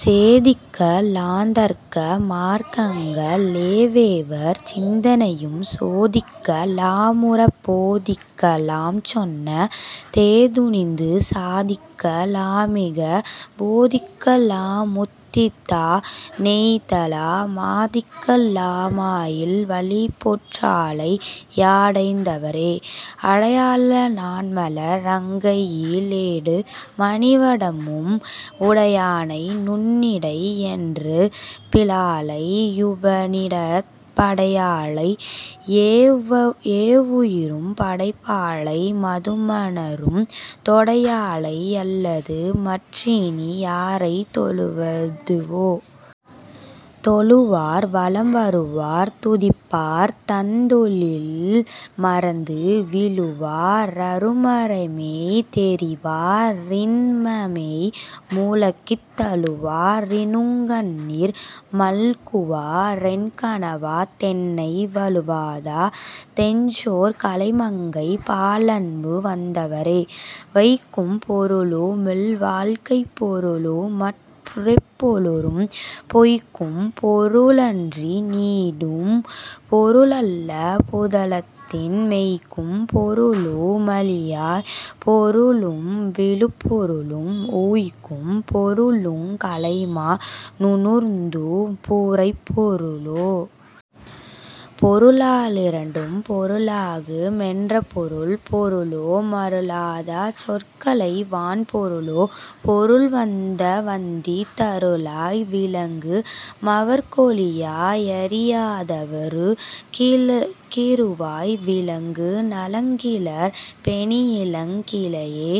சேதிக்க லாந்தர்க்க மார்க்கங்க ளெவ்வெவர் சிந்தனையும் சோதிக்க லாமுறப் போதிக்க லாம்சொன்ன தேதுணிந்து சாதிக்க லாமிகப் பேதிக்க லாமுத்திதா னெய்தலா மாதிக்க லாமயில் வல்லிபொற் றாளை யடைந்தவரே. அடையாள நாண்மல ரங்கையி லேடு மணிவடமும் உடையாளை நுண்ணிடை யன்று மிலாளை யுபநிடதப் படையாளை யெவ்வுயிரும் படைப்பாளைப் பதுமநறும் தொடையாளை யல்லது மற்றினி யாரைத் தொழுவதுவே. தொழுவார் வலம்வருவார் துதிப்பார் தந்தொழின் மறந்து விழுவா ரருமறைமெய் தெரிவா ரின்பமெய் புளகித் தழுவா ரினுங்கண்ணீர் மல்குவா ரென்கணாவ தென்னை வழுவாத செஞ்சொற் கலைமங்கை பாலன்பு வத்தவரே. வைக்கும் பொருளு மில்வாழ்க்கைப் பொருளுமற் றெப்பொருளும் பொய்க்கும் பொருளன்றி நீடும் பொருளல்ல பூதலத்தின் மெய்க்கும் பொருளு மழியாப் பொருளும் விழுப்பொருளும் உய்க்கும் பொருளுங் கலைமா னுணர்த்து முரைப்பொருளே. பொருளா லிரண்டும் பெறலாகு மென்றபொருள் பொருளோ மருளாத சொற்கலை வான்பொருளோ பொருள் வந்துவந்தித் தருளாய் விளங்கு மவர்க் கொளியா யறியாதவருக் கிருளாய் விளங்கு நலங்கிளர் மேனியிலங் கிழையே.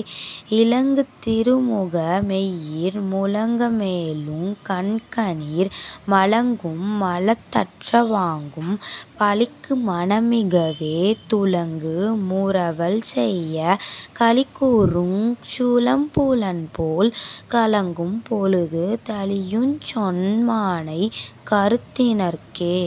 இலங்குந் திருமுக மெய்யிற் புளகமெழுங் கண்கணீர் மலங்கும் பழுதற்ற வாக்கும் பலிக்கு மனமிகவே துலங்கு முறுவல் செயக் களிகூருஞ் சுழல்புனல்போல் கலங்கும் பொழுது தெளியுஞ் சொன்மானைக் கருதினர்க்கே.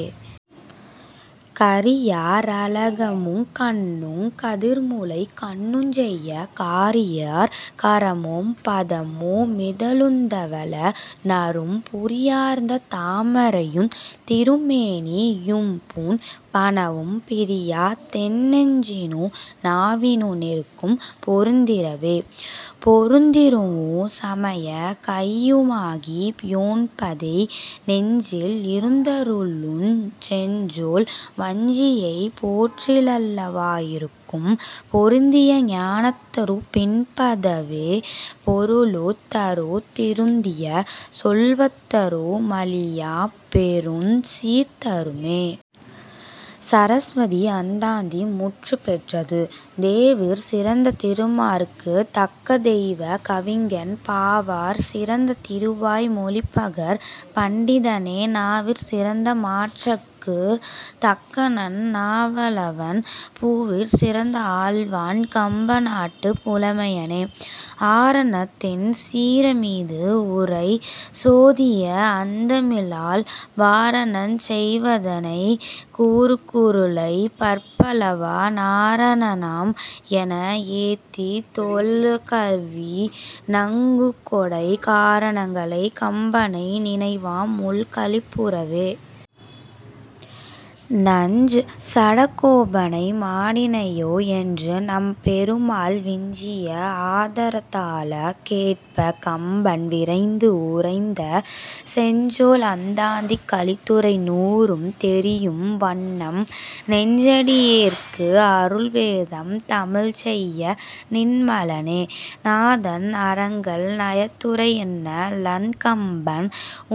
கரியா ரளகமுங் கண்ணுங் கதிர்முலைக் கண்ணுஞ்செய்ய சரியார் கரமும் பதமு மிதழுந்தவள நறும் புரியார்ந்த தாமரையுந் திருமேனி யும்பூண் பனவும் பிரியா தென்னெஞ்சினு நாவினு நிற்கும் பெருந்திருவே. பெருந்திருவுஞ் சயமங் கையுமாகி யென்பேதை நெஞ்சில் இருந்தருளுஞ் செஞ்சொல் வஞ்சியைப் போற்றிலெல்லாவுயிர்க்கும் பொருந்திய ஞானந்தரு மின்பவேதப் பொருளுந் தருந் திருந்திய செல்வந்தரு மழியாப் பெருஞ் சீர்தருமே. சரஸ்வதி அந்தாதி முற்றுப்பெற்றது. தேவிற் சிறந்த திருமாற்குத் தக்கதெய்வக் கவிஞன் பாவாற் சிறந்த திருவாய் மொழிபகர் பண்டிதனே நாவிற் சிறந்த மாறற் குத் தக்கநன் நாவலவன் பூவிற் சிறந்த ஆழ்வான் கம்பநாட்டுப் புலமையனே. ஆரணத் தின் சிரமீது உறை சோதியை ஆந்தமிழால் பாரணஞ் செய்தவனைக் குரு கூரனைப் பற்பலவா நாரணனாம் என ஏத்தித் தொழக் கவி நல்குகொடைக் காரணனைக் கம்பனைக் நினைவாம் உள் களிப்புறவே. நஞ் சடகோபனைப் பாடினையோ என்று நம்பெருமாள் விஞ்சிய ஆதரத்தால கேட்பக் கம்பன் விரைந்து உரைத்த செஞ்சொல் அந்தாதி கலித்துறை நூறும் தெரியும் வண்ணம் நெஞ்சடி யேற்கு அருள் வேதம் தமிழ்செய்த நின்மலனே. நாதன் அரங்கன் நயத்துரை என்ன நல் கம்பன்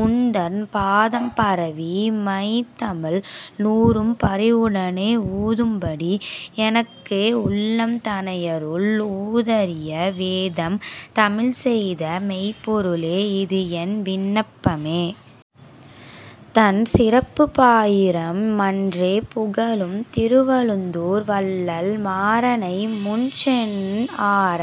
உன்தன் பாதம் பரவி பைந்தமிழ் நூறும் பரிவுடனே ஓதும்படி எனக்க உள்ளம் தனையருள் ஓதரிய வேதம் தமிழ்செய்த மெய்ப்பொருளே இதுஎன் விண்ணப்பமே. தன் சிறப்புப் பாயிரம் மன்றே புகழும் திருவழுந்தூர் வள்ளல் மாறனை முன் சென்ஆற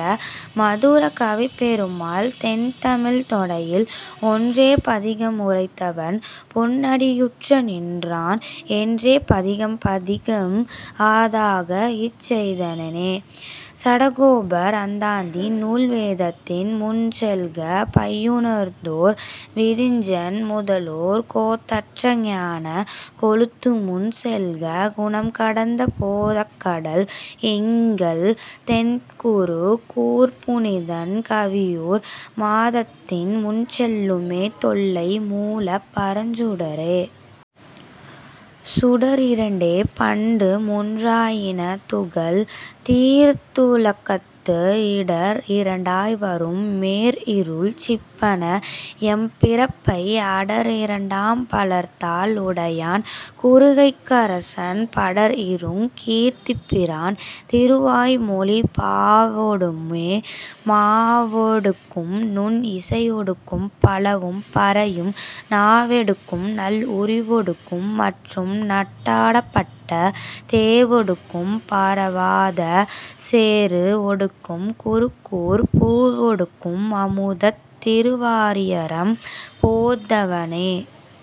மதுர கவிப்பெருமாள் தென்தமிழ்த் தொடையில் ஒன்றே பதிகம் உரைத்தவன் பொன்அடியுற்று நின்றான் என்றே பதிகம் பதிகம் அதாக இசைத்தனனே. சடகோபர் அந்தாதி நூல் வேதத்தின் முன்செல்க மெய்யுணர்தோர் விரிஞ்சன் முதலோர் கோதற்ற ஞானக் கொழுந்துமுன் செல்க குணம்கடந்த போதக்கடல் எங்கள் தென்குரு கூர்ப் புனிதன் கவிஓர் பாதத்தின் முன்செல்லுமே தொல்லை மூலப் பரஞ்சுடரே. சுடர் இரண்டே பண்டு முன்றாயின துகள், தீர்ந்துலகத்து இடர் இரண்டாய் வரும் பேர்இருள் சீப்பன எம் பிறப்பை அடர்இரண்டாம் மலர்தாள் உடையான் குருகைக்கரசன் படர்இருங் கீர்த்திபிரான் திருவாய்மொழிப் பாவொடுமே. பாவொடுக்கும் நுண் இசை ஒடுக்கும் பலவும் பறையும் நாவொடுக்கும் நல் அறிவொடுக்கும் மற்றும் நாட்டப்பட்ட தேவொடுக்கும் பரவாதச் செரு ஒடுக்கும் குருகூர்ப் பூவொடுக்கும் அமுதத் திருவாரியரம் போந்தனவே.